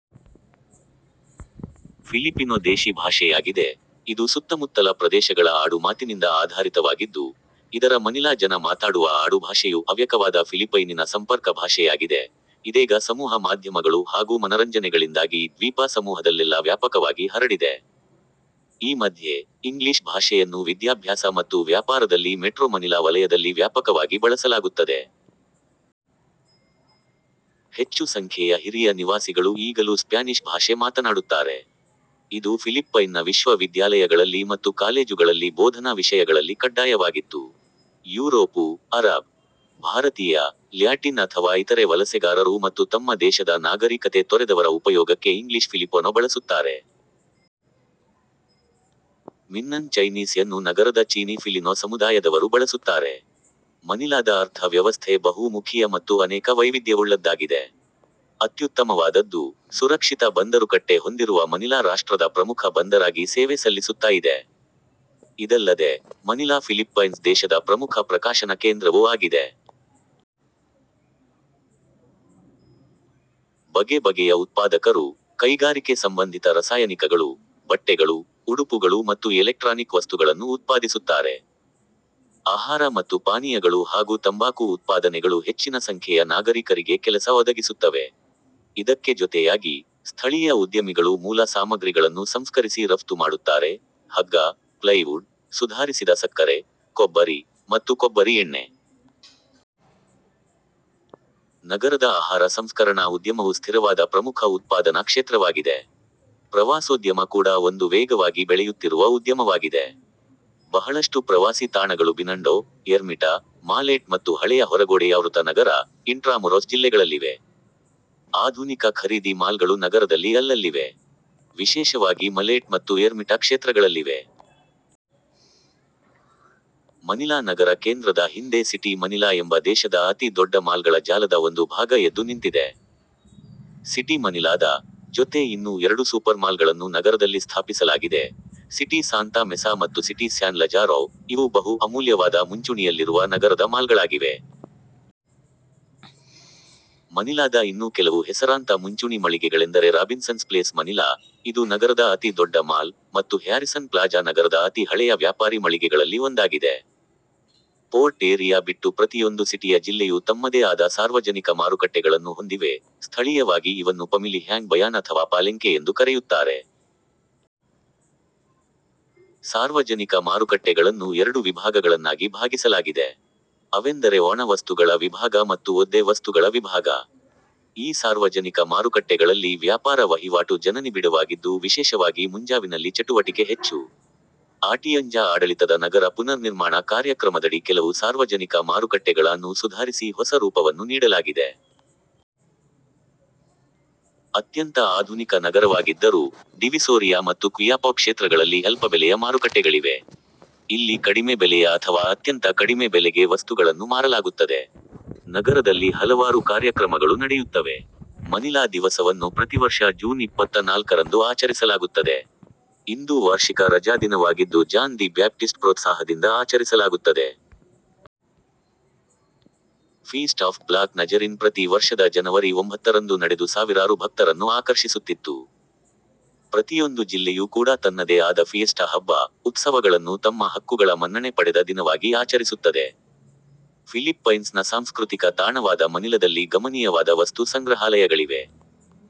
Filipino ದೇಶೀ ಭಾಷೆಯಾಗಿದೆ, ಇದು ಸುತ್ತಮುತ್ತಲ ಪ್ರದೇಶಗಳ ಆಡು ಮಾತಿನಿಂದ ಆಧಾರಿತವಾಗಿದ್ದು, ಇದರ ಮನಿಲಾ ಜನ ಮಾತಾಡುವ ಆಡುಭಾಷೆಯು ಅವ್ಯಕವಾದ ಫಿಲಿಪೈನಿನ ಸಂಪರ್ಕ ಭಾಷೆಯಾಗಿದೆ, ಇದೇಗ ಸಮೂಹ ಮಾಧ್ಯಮಗಳು ಹಾಗೂ ಮನರಂಜನೆಗಳಿಂದಾಗಿ ದ್ವೀಪ ಸಮೂಹದಲ್ಲೆಲ್ಲಾ ವ್ಯಾಪಕವಾಗಿ ಹರಡಿದೆ. ಈ ಮಧ್ಯೆ, ಇಂಗ್ಲಿಷ್ ಭಾಷೆಯನ್ನು ವಿದ್ಯಾಭ್ಯಾಸ ಮತ್ತು ವ್ಯಾಪಾರದಲ್ಲಿ ಮೆಟ್ರೋ-ಮನಿಲಾ ವಲಯದಲ್ಲಿ ವ್ಯಾಪಕವಾಗಿ ಬಳಸಲಾಗುತ್ತದೆ. ಹೆಚ್ಚು ಸಂಖ್ಯೆಯ ಹಿರಿಯ ನಿವಾಸಿಗಳು ಈಗಲೂ ಸ್ಪ್ಯಾನಿಷ್ ಭಾಷೆ ಮಾತನಾಡುತ್ತಾರೆ. ಇದು ಫಿಲಿಪ್ಪೈನ್ನ ವಿಶ್ವ ವಿದ್ಯಾಲಯಗಳಲ್ಲಿ ಮತ್ತು ಕಾಲೇಜುಗಳಲ್ಲಿ ಬೋಧನಾ ವಿಷಯಗಳಲ್ಲಿ ಕಡ್ಡಾಯವಾಗಿತ್ತು. Europe, Arab. ಭಾರತೀಯ, ಲ್ಯಾಟಿನ್ ಅಥವಾ ಇತರೆ ವಲಸೆಗಾರರು ಮತ್ತು ತಮ್ಮ ದೇಶದ ನಾಗರೀಕತೆ ತೊರೆದವರ ಉಪಯೋಗಕ್ಕೆ ಇಂಗ್ಲಿಷ್ ಫಿಲಿಪೊನೊ ಬಳಸುತ್ತಾರೆ. ಮಿನ್ನನ್ ಚೈನೀಸ್ ಯನ್ನು ನಗರದ ಚೀನಿ-ಫಿಲಿನೊ ಸಮುದಾಯದವರು ಬಳಸುತ್ತಾರೆ. ಮನಿಲಾದ ಅರ್ಥ ವ್ಯವಸ್ಥೆ ಬಹು ಮುಖೀಯ ಮತ್ತು ಅನೇಕ ವೈವಿದ್ಯವುಳ್ಳದ್ದಾಗಿದೆ. ಅತ್ಯುತ್ತಮವಾದದ್ದು, ಸುರಕ್ಷಿತ ಬಂದರುಕಟ್ಟೆ ಹೊಂದಿರುವ ಮನಿಲಾ ರಾಷ್ಟ್ರದ ಪ್ರಮುಖ ಬಂದರಾಗಿ ಸೇವೆ ಸಲ್ಲಿಸುತ್ತಾ ಇದೆ. ಇದಲ್ಲದೆ, ಮನಿಲಾ ಫಿಲಿಪ್ಪೈನ್ಸ್ ದೇಶದ ಪ್ರಮುಖ ಪ್ರಕಾಶನ ಕೇಂದ್ರವೂ ಆಗಿದೆ. ಬಗೆ ಬಗೆಯ ಉತ್ಪಾದಕರು, ಕೈಗಾರಿಕೆ ಸಂಬಂಧಿತ ರಸಾಯನಿಕಗಳು, ಬಟ್ಟೆಗಳು, ಉಡುಪುಗಳು ಮತ್ತು ಎಲೆಕ್ಟ್ರಾನಿಕ್ ವಸ್ತುಗಳನ್ನು ಉತ್ಪಾದಿಸುತ್ತಾರೆ. ಆಹಾರ ಮತ್ತು ಪಾನೀಯಗಳು ಹಾಗೂ ತಂಬಾಕು ಉತ್ಪಾದನೆಗಳು ಹೆಚ್ಚಿನ ಸಂಖ್ಯೆಯ ನಾಗರೀಕರಿಗೆ ಕೆಲಸ ಒದಗಿಸುತ್ತವೆ. ಇದಕ್ಕೆ ಜೊತೆಯಾಗಿ, ಸ್ಥಳೀಯ ಉದ್ಯಮಿಗಳು ಮೂಲ ಸಾಮಗ್ರಿಗಳನ್ನು ಸಂಸ್ಕರಿಸಿ ರಫ್ತು ಮಾಡುತ್ತಾರೆ, ಹಗ್ಗ, ಪ್ಲೈವುಡ್, ಸುಧಾರಿಸಿದ ಸಕ್ಕರೆ, ಕೊಬ್ಬರಿ, ಮತ್ತು ಕೊಬ್ಬರಿ ಎಣ್ಣೆ. ನಗರದ ಆಹಾರ ಸಂಸ್ಕರಣಾ ಉದ್ಯಮವು ಸ್ಥಿರವಾದ ಪ್ರಮುಖ ಉತ್ಪಾದನಾ ಕ್ಷೇತ್ರವಾಗಿದೆ. ಪ್ರವಾಸೋದ್ಯಮ ಕೂಡಾ ಒಂದು ವೇಗವಾಗಿ ಬೆಳೆಯುತ್ತಿರುವ ಉದ್ಯಮವಾಗಿದೆ. ಬಹಳಷ್ಟು ಪ್ರವಾಸಿ ತಾಣಗಳು ಬಿನಂಡೊ, ಎರ್ಮಿಟಾ, ಮಾಲೇಟ್ ಮತ್ತು ಹಳೆಯ ಹೊರಗೋಡೆಯಾವೃತ ನಗರ, ಇಂಟ್ರಾಮುರೊಸ್ ಜಿಲ್ಲೆಗಳಲ್ಲಿವೆ. ಆಧುನಿಕ ಖರೀದಿ ಮಾಲ್ಗಳು ನಗರದಲ್ಲಿ ಅಲ್ಲಲ್ಲಿವೆ. ವಿಶೇಷವಾಗಿ ಮಲೇಟ್ ಮತ್ತು ಎರ್ಮಿಟಾ ಕ್ಷೇತ್ರಗಳಲ್ಲಿವೆ. ಮನಿಲಾ ನಗರ ಕೇಂದ್ರದ ಹಿಂದೆ ಸಿಟಿ ಮನಿಲಾ ಎಂಬ ದೇಶದ ಅತಿ ದೊಡ್ಡ ಮಾಲ್ಗಳ ಜಾಲದ ಒಂದು ಭಾಗ ಎದ್ದು ನಿಂತಿದೆ. ಸಿಟಿ ಮನಿಲಾದ, ಜೊತೆ ಇನ್ನೂ ಎರಡು ಸೂಪರ್ಮಾಲ್ಗಳನ್ನು ನಗರದಲ್ಲಿ ಸ್ಥಾಪಿಸಲಾಗಿದೆ, ಸಿಟಿ ಸಾಂತಾ ಮೆಸಾ ಮತ್ತು ಸಿಟಿ ಸ್ಯಾನ್ ಲಜಾರೊ, ಇವು ಬಹು ಅಮೂಲ್ಯವಾದ ಮುಂಚೂಣಿಯಲ್ಲಿರುವ ನಗರದ ಮಾಲ್ಗಳಾಗಿವೆ. ಮನಿಲಾದ ಇನ್ನೂ ಕೆಲವು ಹೆಸರಾಂತ ಮುಂಚೂಣಿ ಮಳಿಗೆಗಳೆಂದರೆ ರಾಬಿನ್ಸನ್ಸ್ ಪ್ಲೇಸ್ ಮನಿಲಾ, ಇದು ನಗರದ ಅತಿ ದೊಡ್ಡ ಮಾಲ್, ಮತ್ತು ಹ್ಯಾರಿಸನ್ ಪ್ಲಾಜಾ ನಗರದ ಅತಿ ಹಳೆಯ ವ್ಯಾಪಾರಿ ಮಳಿಗೆಗಳಲ್ಲಿ ಒಂದಾಗಿದೆ. ಪೋರ್ಟ್ ಏರಿಯಾ ಬಿಟ್ಟು ಪ್ರತಿಯೊಂದು ಸಿಟಿಯ ಜಿಲ್ಲೆಯು ತಮ್ಮದೇ ಆದ ಸಾರ್ವಜನಿಕ ಮಾರುಕಟ್ಟೆಗಳನ್ನು ಹೊಂದಿವೆ, ಸ್ಥಳೀಯವಾಗಿ ಇವನ್ನು ಪಮಿಲಿಹ್ಯಾಂಗ್ ಬಯಾನ್ ಅಥವಾ ಪಾಲೆಂಗ್ಕೆ ಎಂದು ಕರೆಯುತ್ತಾರೆ. ಸಾರ್ವಜನಿಕ ಮಾರುಕಟ್ಟೆಗಳನ್ನು ಎರಡು ವಿಭಾಗಗಳನ್ನಾಗಿ ಭಾಗಿಸಲಾಗಿದೆ. ಅವೆಂದರೆ ಒಣ ವಸ್ತುಗಳ ವಿಭಾಗ ಮತ್ತು ಒದ್ದೆ ವಸ್ತುಗಳ ವಿಭಾಗ. ಈ ಸಾರ್ವಜನಿಕ ಮಾರುಕಟ್ಟೆಗಳಲ್ಲಿ ವ್ಯಾಪಾರ ವಹಿವಾಟು ಜನನಿಬಿಡವಾಗಿದ್ದು ವಿಶೇಷವಾಗಿ ಮುಂಜಾವಿನಲ್ಲಿ ಚಟುವಟಿಕೆ ಹೆಚ್ಚು. ಆಟಿಯಂಜಾ ಆಡಳಿತದ ನಗರ ಪುನರ್ನಿರ್ಮಾಣ ಕಾರ್ಯಕ್ರಮದಡಿ ಕೆಲವು ಸಾರ್ವಜನಿಕ ಮಾರುಕಟ್ಟೆಗಳಾನ್ನು ಸುಧಾರಿಸಿ ಹೊಸ ರೂಪವನ್ನು ನೀಡಲಾಗಿದೆ. ಅತ್ಯಂತ ಆಧುನಿಕ ನಗರವಾಗಿದ್ದರೂ, ಡಿವಿಸೋರಿಯಾ ಮತ್ತು ಕ್ವಿಯಾಪೊ ಕ್ಷೇತ್ರಗಳಲ್ಲಿ ಅಲ್ಪಬೆಲೆಯ ಮಾರುಕಟ್ಟೆಗಳಿವೆ. ಇಲ್ಲಿ ಕಡಿಮೆ ಬೆಲೆಯ ಅಥವಾ ಅತ್ಯಂತ ಕಡಿಮೆ ಬೆಲೆಗೆ ವಸ್ತುಗಳನ್ನು ಮಾರಲಾಗುತ್ತದೆ. ನಗರದಲ್ಲಿ ಹಲವಾರು ಕಾರ್ಯಕ್ರಮಗಳು ನಡೆಯುತ್ತವೆ. ಮನಿಲಾ ದಿವಸವನ್ನು ಪ್ರತಿವರ್ಷ ಜೂನ್ ಇಪ್ಪತ್ತ ನಾಲ್ಕರಂದು ಆಚರಿಸಲಾಗುತ್ತದೆ. ಇಂದೂ ವಾರ್ಷಿಕ ರಜಾದಿನವಾಗಿದ್ದು ಜಾನ್ ದಿ ಬ್ಯಾಪ್ಟಿಸ್ಟ್ ಪ್ರೋತ್ಸಾಹದಿಂದ ಆಚರಿಸಲಾಗುತ್ತದೆ. ಫೀಸ್ಟ್ ಆಫ್ ಬ್ಲಾಕ್ ನಜರಿನ್ ಪ್ರತಿ ವರ್ಷದ ಜನವರಿ ಒಂಭತ್ತರಂದು ನಡೆದು ಸಾವಿರಾರು ಭಕ್ತರನ್ನು ಆಕರ್ಷಿಸುತ್ತಿತ್ತು. ಪ್ರತಿಯೊಂದು ಜಿಲ್ಲೆಯೂ ಕೂಡಾ ತನ್ನದೇ ಆದ ಫಿಯೆಸ್ಟಾ ಹಬ್ಬ, ಉತ್ಸವಗಳನ್ನು ತಮ್ಮ ಹಕ್ಕುಗಳ ಮನ್ನಣೆ ಪಡೆದ ದಿನವಾಗಿ ಆಚರಿಸುತ್ತದೆ. ಫಿಲಿಪ್ಪೈನ್ಸ್ನ ಸಾಂಸ್ಕೃತಿಕ ತಾಣವಾದ ಮನಿಲದಲ್ಲಿ ಗಮನೀಯವಾದ ವಸ್ತು ಸಂಗ್ರಹಾಲಯಗಳಿವೆ.